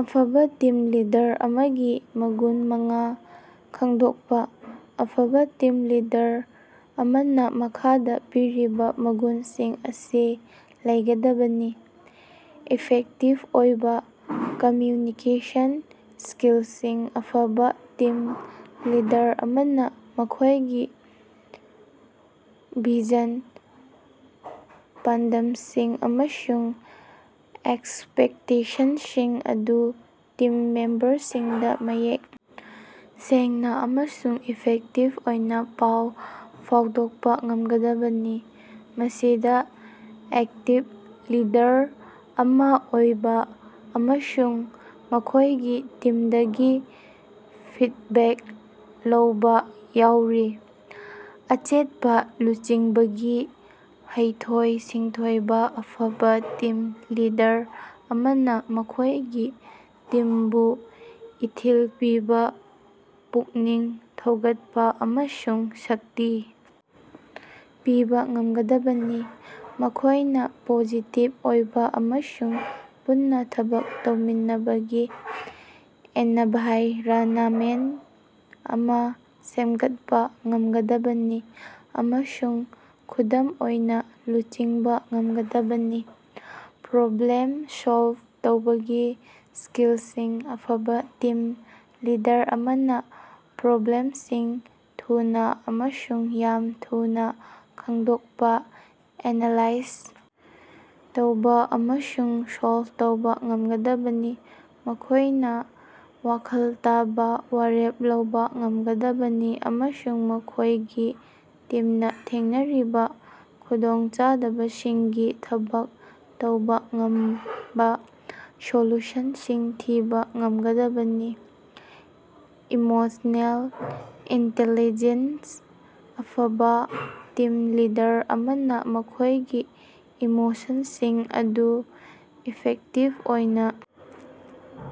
ꯑꯐꯕꯥ team leader ꯑꯃꯒꯤ ꯃꯒꯨꯟ ꯃꯉꯥ ꯈꯡꯗꯣꯛꯄ꯫ ꯑꯐꯕ ꯇꯤꯝ ꯂꯤꯗꯔ ꯑꯃꯅ ꯃꯈꯥꯗ ꯄꯤꯔꯤꯕ ꯃꯒꯨꯟꯁꯤꯡ ꯑꯁꯤ ꯂꯩꯒꯗꯕꯅꯤ: ꯏꯐꯦꯛꯇꯤꯚ ꯑꯣꯏꯕꯥ ꯀꯝꯃ꯭ꯌꯨꯅꯤꯀꯦꯁꯟ ꯁ꯭ꯀꯤꯜꯁꯤꯡ: ꯑꯐꯕ ꯇꯤꯝ ꯂꯤꯗꯔ ꯑꯃꯅ ꯃꯈꯣꯢꯒꯤ ꯚꯤꯖꯟ, ꯄꯥꯟꯗꯝꯁꯤꯡ ꯑꯃꯁꯨꯡ ꯑꯦꯛꯁꯄꯦꯛꯇꯦꯁꯟꯁꯤꯡ ꯑꯗꯨ ꯇꯤꯝ ꯃꯦꯝꯕꯔꯁꯤꯡꯗ ꯃꯌꯦꯛ ꯁꯦꯡꯅ ꯑꯃꯁꯨꯡ ꯏꯐꯦꯛꯇꯤꯚ ꯑꯣꯏꯅ ꯄꯥꯎ ꯐꯥꯎꯗꯣꯛꯄ ꯉꯝꯒꯗꯕꯅꯤ꯫ ꯃꯁꯤꯗꯥ ꯑꯦꯛꯇꯤꯕ ꯂꯤꯗꯔ ꯑꯃ ꯑꯣꯏꯕ ꯑꯃꯁꯨꯡ ꯃꯈꯣꯢꯒꯤ ꯇꯤꯝꯗꯒꯤ ꯐꯤꯗꯕꯦꯛ ꯂꯧꯕꯥ ꯌꯥꯎꯔꯤ꯫ ꯑꯆꯦꯠꯄ ꯂꯨꯆꯤꯡꯕꯒꯤ ꯍꯩꯊꯣꯏ-ꯁꯤꯡꯊꯣꯏꯕꯥ: ꯑꯐꯕ ꯇꯤꯝ ꯂꯤꯗꯔ ꯑꯃꯅ ꯃꯈꯣꯢꯒꯤ ꯇꯤꯝꯕꯨ ꯏꯊꯤꯜ ꯄꯤꯕꯥ ꯄꯨꯛꯅꯤꯡ ꯊꯧꯒꯠꯄ ꯑꯃꯁꯨꯡ ꯁꯛꯇꯤ ꯄꯤꯕ ꯉꯝꯒꯗꯕꯅꯤ꯫ ꯃꯈꯣꯢꯅ ꯄꯣꯖꯤꯇꯤꯕ ꯑꯣꯏꯕ ꯑꯃꯁꯨꯡ ꯄꯨꯟꯅ ꯊꯕꯛ ꯇꯧꯃꯤꯟꯅꯕꯒꯤ ꯑꯦꯅꯚꯥꯏꯔꯅꯃꯦꯟꯇ ꯑꯃ ꯁꯦꯝꯒꯠꯄ ꯉꯝꯒꯗꯕꯅꯤ ꯑꯃꯁꯨꯡ ꯈꯨꯗꯝ ꯑꯣꯏꯅ ꯂꯨꯆꯤꯡꯕ ꯉꯝꯒꯗꯕꯅꯤ꯫ ꯄ꯭ꯔꯣꯕ꯭ꯂꯦꯝ ꯁꯣꯜꯕ ꯇꯧꯕꯒꯤ ꯁ꯭ꯀꯤꯜꯁꯤꯡ: ꯑꯐꯕ ꯇꯤꯝ ꯂꯤꯗꯔ ꯑꯃꯅ ꯄ꯭ꯔꯣꯕ꯭ꯂꯦꯝꯁꯤꯡ ꯊꯨꯅ ꯑꯃꯁꯨꯡ ꯌꯥꯝꯅ ꯊꯨꯅ ꯈꯪꯗꯣꯛꯄ ꯑꯦꯅꯥꯂꯥꯏꯖ ꯇꯧꯕ ꯑꯃꯁꯨꯡ ꯁꯣꯜꯕ ꯇꯧꯕ ꯉꯝꯒꯗꯕꯅꯤ꯫ ꯃꯈꯣꯢꯅ ꯋꯥꯈꯜ ꯇꯥꯕ ꯋꯥꯔꯦꯞ ꯂꯧꯕ ꯉꯝꯒꯗꯕꯅꯤ ꯑꯃꯁꯨꯡ ꯃꯈꯣꯢꯒꯤ ꯇꯤꯝꯅ ꯊꯦꯡꯅꯔꯤꯕ ꯈꯨꯗꯣꯡꯆꯥꯗꯕꯁꯤꯡꯒꯤ ꯊꯕꯛ ꯇꯧꯕꯥ ꯉꯝꯕꯥ ꯁꯣꯂꯨꯁꯟꯁꯤꯡ ꯊꯤꯕ ꯉꯝꯒꯗꯕꯅꯤ꯫ ꯏꯃꯣꯁꯅꯦꯜ ꯏꯟꯇꯦꯂꯤꯖꯦꯟꯁ: ꯑꯐꯕ ꯇꯤꯝ ꯂꯤꯗꯔ ꯑꯃꯅ ꯃꯈꯣꯢꯒꯤ ꯏꯃꯣꯁꯟꯁꯤꯡ ꯑꯗꯨ ꯏꯐꯦꯛꯇꯤꯕ ꯑꯣꯏꯅ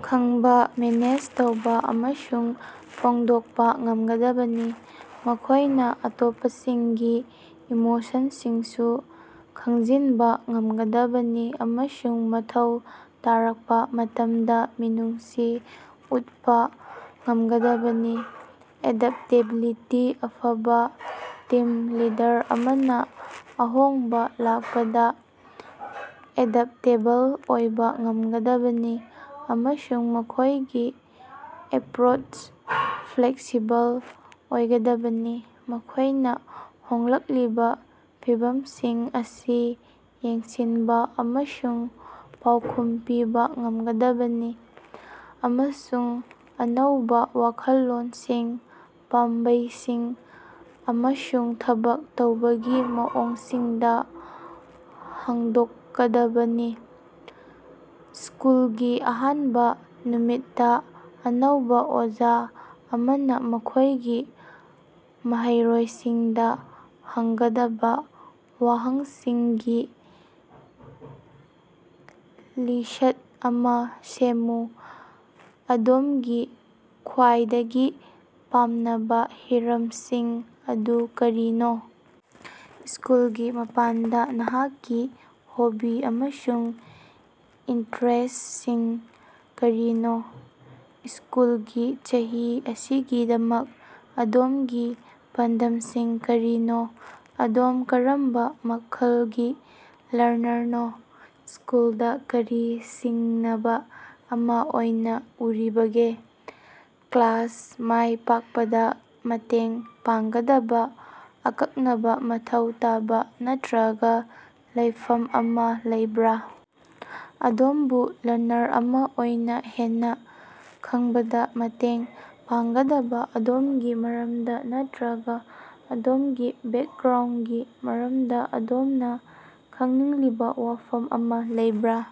ꯈꯪꯕꯥ ꯃꯦꯅꯦꯖ ꯇꯧꯕ ꯑꯃꯁꯨꯡ ꯐꯣꯡꯗꯣꯛꯄ ꯉꯝꯒꯗꯕꯅꯤ꯫ ꯃꯈꯣꯢꯅ ꯑꯇꯣꯞꯄꯁꯤꯡꯒꯤ ꯏꯃꯣꯁꯟꯁꯤꯡꯁꯨ ꯈꯪꯖꯤꯟꯕ ꯉꯝꯒꯗꯕꯅꯤ ꯑꯃꯁꯨꯡ ꯃꯊꯧ ꯇꯥꯔꯛꯄ ꯃꯇꯝꯗ ꯃꯤꯅꯨꯡꯁꯤ ꯎꯠꯄꯥ ꯉꯝꯒꯗꯕꯅꯤ꯫ ꯑꯦꯗꯥꯞꯇꯦꯕꯤꯂꯤꯇꯤ: ꯑꯐꯕ ꯇꯤꯝ ꯂꯤꯗꯔ ꯑꯃꯅ ꯑꯍꯣꯡꯕ ꯂꯥꯛꯄꯗ ꯑꯦꯗꯞꯇꯦꯕꯜ ꯑꯣꯏꯕ ꯉꯝꯒꯗꯕꯅꯤ ꯑꯃꯁꯨꯡ ꯃꯈꯣꯢꯒꯤ ꯑꯦꯄ꯭ꯔꯣꯆꯇ ꯐ꯭ꯂꯦꯛꯁꯤꯕꯜ ꯑꯣꯏꯒꯗꯕꯅꯤ꯫ ꯃꯈꯣꯢꯅ ꯍꯣꯡꯂꯛꯂꯤꯕ ꯐꯤꯚꯝꯁꯤꯡ ꯑꯁꯤ ꯌꯦꯡꯁꯤꯟꯕ ꯑꯃꯁꯨꯡ ꯄꯥꯎꯈꯨꯝ ꯄꯤꯕꯥ ꯉꯝꯒꯗꯕꯅꯤ ꯑꯃꯁꯨꯡ ꯑꯅꯧꯕꯥ ꯋꯥꯈꯜꯂꯣꯟꯁꯤꯡ, ꯄꯥꯝꯕꯩꯁꯤꯡ ꯑꯃꯁꯨꯡ ꯊꯕꯛ ꯇꯧꯕꯒꯤ ꯃꯑꯣꯡꯁꯤꯡꯗ ꯍꯥꯡꯗꯣꯛꯀꯗꯕꯅꯤ꯫ ꯁ꯭ꯀꯨꯜꯒꯤ ꯑꯍꯥꯟꯕ ꯅꯨꯃꯤꯠꯇ ꯑꯅꯧꯕ ꯑꯣꯖꯥ ꯑꯃꯅ ꯃꯈꯣꯢꯒꯤ ꯃꯍꯩꯔꯣꯢꯁꯤꯡꯗ ꯍꯪꯒꯗꯕ ꯋꯥꯍꯪꯁꯤꯡꯒꯤ ꯂꯤꯁ꯭ꯠ ꯑꯃꯥ ꯁꯦꯝꯃꯨ꯫ ꯑꯗꯣꯝꯒꯤ ꯈ꯭ꯋꯥꯏꯗꯒꯤ ꯄꯥꯝꯅꯕ ꯍꯤꯔꯝꯁꯤꯡ ꯑꯗꯨ ꯀꯔꯤꯅꯣ? ꯁ꯭ꯀꯨꯜꯒꯤ ꯃꯄꯥꯟꯗ ꯅꯍꯥꯛꯀꯤ ꯍꯣꯕꯤ ꯑꯃꯁꯨꯡ ꯏꯟꯇꯔꯦꯁ꯭ꯇꯁꯤꯡ ꯀꯔꯤꯅꯣ? ꯁ꯭ꯀꯨꯜꯒꯤ ꯆꯍꯤ ꯑꯁꯤꯒꯤꯗꯃꯛ ꯑꯗꯣꯝꯒꯤ ꯄꯥꯟꯗꯝꯁꯤꯡ ꯀꯔꯤꯅꯣ? ꯑꯗꯣꯝ ꯀꯔꯝꯕ ꯃꯈꯜꯒꯤ ꯂꯔꯅꯔꯅꯣ? ꯁ꯭ꯀꯨꯜꯗ ꯀꯔꯤ ꯁꯤꯡꯅꯕ ꯑꯃꯥ ꯑꯣꯏꯅ ꯎꯔꯤꯕꯒꯦ? ꯀ꯭ꯂꯥꯁꯇ ꯃꯥꯢ ꯄꯥꯛꯄꯗ ꯃꯇꯦꯡ ꯄꯥꯡꯒꯗꯕ ꯑꯀꯛꯅꯕ ꯃꯊꯧ ꯇꯥꯕ ꯅꯠꯇ꯭ꯔꯒ ꯂꯩꯐꯝ ꯑꯃꯥ ꯂꯩꯕ꯭ꯔꯥ? ꯑꯗꯣꯝꯕꯨ ꯂꯔꯅꯔ ꯑꯃ ꯑꯣꯏꯅ ꯍꯦꯟꯅ ꯈꯪꯕꯗꯥ ꯃꯇꯦꯡ ꯄꯥꯡꯒꯗꯕ ꯑꯗꯣꯝꯒꯤ ꯃꯔꯝꯗ ꯅꯠꯇ꯭ꯔꯒ ꯑꯗꯣꯝꯒꯤ ꯕꯦꯛꯒ꯭ꯔꯥꯎꯟꯗꯒꯤ ꯃꯔꯝꯗ ꯑꯗꯣꯝꯅ ꯈꯪꯅꯤꯡꯂꯤꯕ ꯋꯥꯐꯝ ꯑꯃꯥ ꯂꯩꯕ꯭ꯔꯥ?